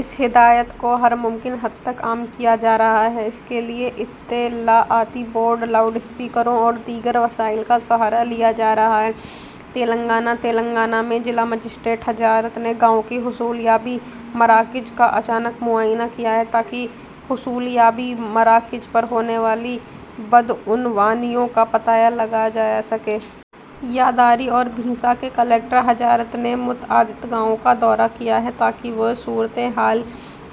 اس ہدایت کو ہر ممکن حد تک عام کیا جا رہا ہے۔ اس کے لیے اطلاعاتی بورڈ، لاؤڈ اسپیکروں اور دیگر وسائل کا سہارا لیا جا رہا ہے۔ تلنگانہ: تلنگانہ میں ضلع مجسٹریٹ حضرات نے گاؤں کے حصولیابی مراکز کا اچانک معائنہ کیا ہے، تاکہ حصولیابی مراکز پر ہونے والی بدعنوانیوں کا پتہ لگایا جا سکے۔ یداری اور بھینسا کے کلکٹر حضرات نے متعدد گاؤں کا دورہ کیا ہے، تاکہ وہ صورتحال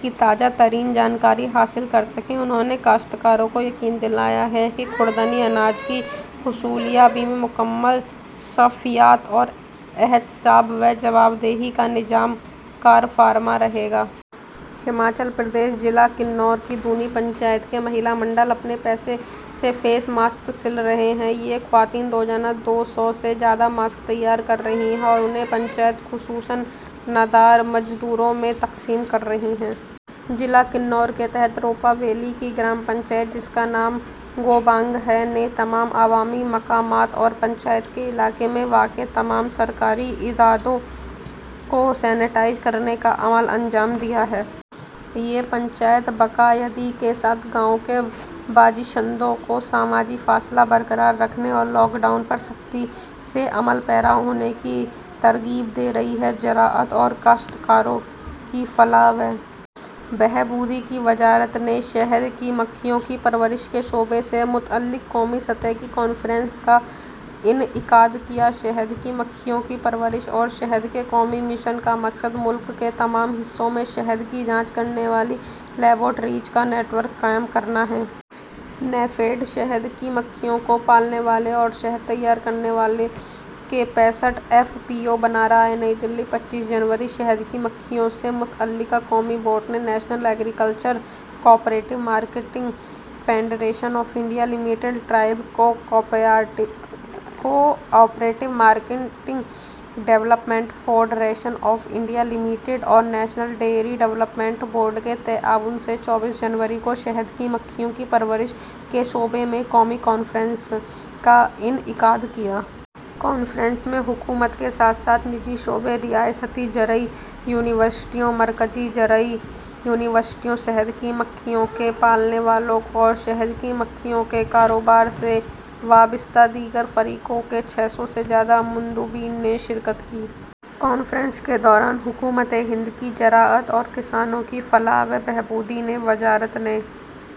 کی تازہ ترین جانکاری حاصل کر سکیں۔ انہوں نے کاشتکاروں کو یقین دلایا ہے کہ خوردنی اناج کی حصولیابی میں مکمل شفافیت اور احتساب و جواب دہی کا نظام کارفرما رہے گا۔ ہماچل پردیش: ضلع کنّور کی دُونی پنچایت کے مہیلا منڈل اپنے پیسے سے فیس ماسک سل رہے ہیں۔ یہ خواتین یومیہ دو سو سے زائد ماسک تیار کر رہی ہیں اور انہیں پنچایت، خصوصاً نادار مزدوروں میں تقسیم کر رہی ہیں۔ ضلع کنّور کے تحت روپا ویلی کی گرام پنچایت، جس کا نام گوبانگ ہے، نے تمام عوامی مقامات اور پنچایت کے علاقے میں واقع تمام سرکاری اداروں کو سینیٹائز کرنے کا عمل انجام دیا ہے۔ یہ پنچایت باقاعدگی کے ساتھ گاؤں کے باشندوں کو سماجی فاصلہ برقرار رکھنے اور لاک ڈاؤن پر سختی سے عمل پیرا ہونے کی ترغیب دے رہی ہے۔ زراعت اور کاشتکاروں کی فلاح و بہبود کی وزارت شہد کی مکھیوں کی پرورش کے شعبے سے متعلق قومی سطح کی کانفرنس کا انعقاد شہد کی مکھیوں کی پرورش اور شہد کے قومی مشن کا مقصد ملک کے تمام حصوں میں شہد کی جانچ کرنے والی لیبارٹریوں کا نیٹ ورک قائم کرنا ہے۔ نیفیڈ شہد کی مکھیوں کے پالنے والوں اور شہد تیار کرنے والوں کے پینسٹھ ایف پی او بنا رہا ہے۔ نئی دہلی، پچیس جنوری: شہد کی مکھیوں سے متعلق قومی بورڈ نے national agricultural cooperative marketing federation of India limited, tribal cooperative marketing development federation of India limited اور نیشنل ڈیری ڈیولپمنٹ بورڈ کے تعاون سے چوبیس جنوری کو شہد کی مکھیوں کی پرورش کے شعبے میں قومی کانفرنس کا انعقاد کیا۔ کانفرنس میں حکومت کے ساتھ ساتھ نجی شعبے، ریاستی زرعی یونیورسٹیوں، مرکزی زرعی یونیورسٹیوں، شہد کی مکھیوں کے پالنے والوں اور شہد کی مکھیوں کے کاروبار سے وابستہ دیگر فریقوں کے چھ سو سے زائد مندوبین نے شرکت کی۔ کانفرنس کے دوران حکومتِ ہند کی زراعت اور کسانوں کی فلاح و بہبود کی وزارت نے